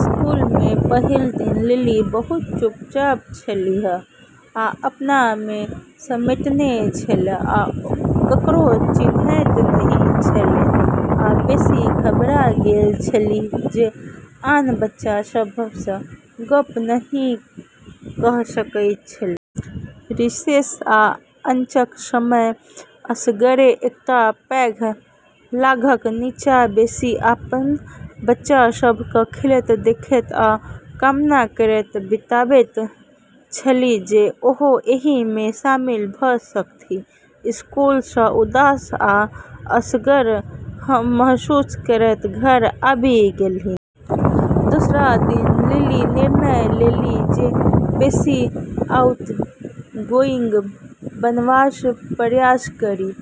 School मे पहिल दिन लिली बहुत चुपचाप छलीह आ अपना मे समेटने छलीह। ओ ककरो चिन्हैत नहि छलीह आ बेसी घबरा गेल छलीह जे आन बच्चा सभ सँ गप्प नहि कइ सकैत छलीह। रिसेस आ लंचक समय असगरे एकटा पैघ गाछक नीचा बैसि आन बच्चा सभ केँ खेलैत देखैत आ कामना करैत बिताबैत छलीह जे ओहो एहि मे शामिल भऽ सकथि। स्कूल सँ उदास आ असगर महसूस करैत घर आबि गेलीह। दोसर दिन लिली निर्णय लेलनि जे बेसी आउटगोइंग बनबाक प्रयास करी।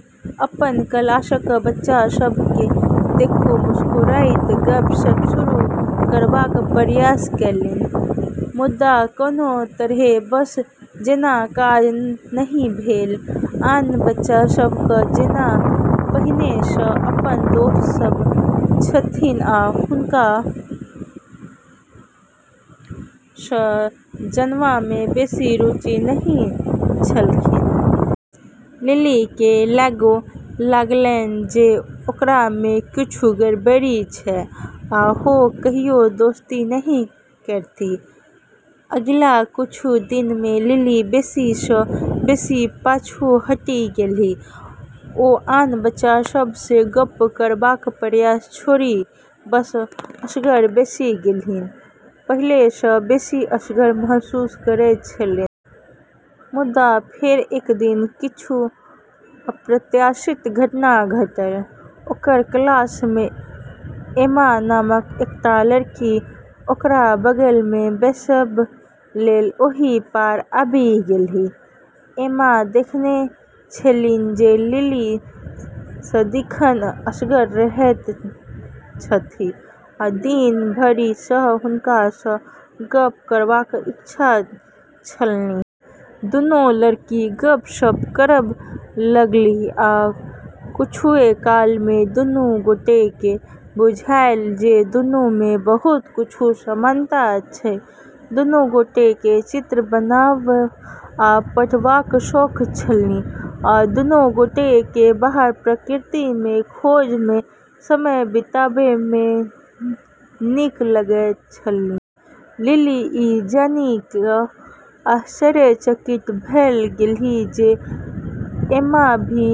अपन क्लासक बच्चा सभ केँ देखि मुस्कुराइत गप्प-सप्प शुरू करबाक प्रयास कएलनि। मुदा कोनो तरहेँ, बस जेना काज नहि भेल। आन बच्चा सभ केँ जेना पहिने सँ अपन दोस्त सभ छथिन आ हुनका सँ जानबा मे बेसी रुचि नहि छलखिन। लिली केँ लागै लागलैन जे ओकरा मे किछु गड़बड़ी अछि आ ओ कहियो दोस्ती नहि करतीह। अगिला किछु दिन मे लिली बेसी सँ बेसी पाछू हटि गेलीह। ओ आन बच्चा सभ सँ गप्प करबाक प्रयास छोड़ि बस असगर बैसि गेलीह, पहिने सँ बेसी असगर महसूस करैत छलीह। मुदा फेर एक दिन किछु अप्रत्याशित घटना घटल। ओकर क्लास मे एम्मा नामक एकटा लड़की ओकरा बगल मे बैसब लेल ओहि पार आबि गेलीह। एम्मा देखने छलीह जे लिली सदिखन असगर रहैत छथि आ दिन भरि सँ हुनका सँ गप्प करबाक इच्छा छलनि। दुनू लड़की गप्प-सप्प करब लगलीह आ किछुए काल मे दुनू गोटे केँ बुझायल जे दुनू मे बहुत किछु समानता अछि। दुनू गोटे केँ चित्र बनाब आ पढ़बाक शौक छलनि, आ दुनू गोटे केँ बाहर प्रकृति मे खोज मे समय बिताबै मे नीक लगैत छलनि। लिली ई जानि कऽ आश्चर्यचकित भऽ गेलीह जे एम्मा भी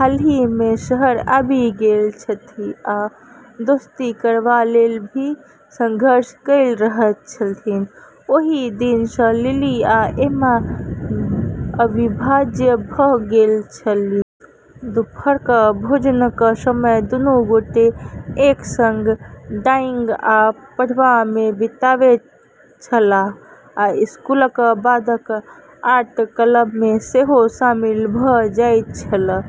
हालही मे शहर आबि गेल छथि आ दोस्ती करबा लेल भी संघर्ष कइ रहल छलीह। ओहि दिन सँ लिली आ एम्मा अविभाज्य भऽ गेल छलीह। दुपहरक भोजनक समय दुनू गोटे एक संग ड्राइंग आ पढ़बा मे बिताबैत छलाह आ स्कूलक बादक आर्ट क्लब मे सेहो शामिल भऽ जाइत छलाह।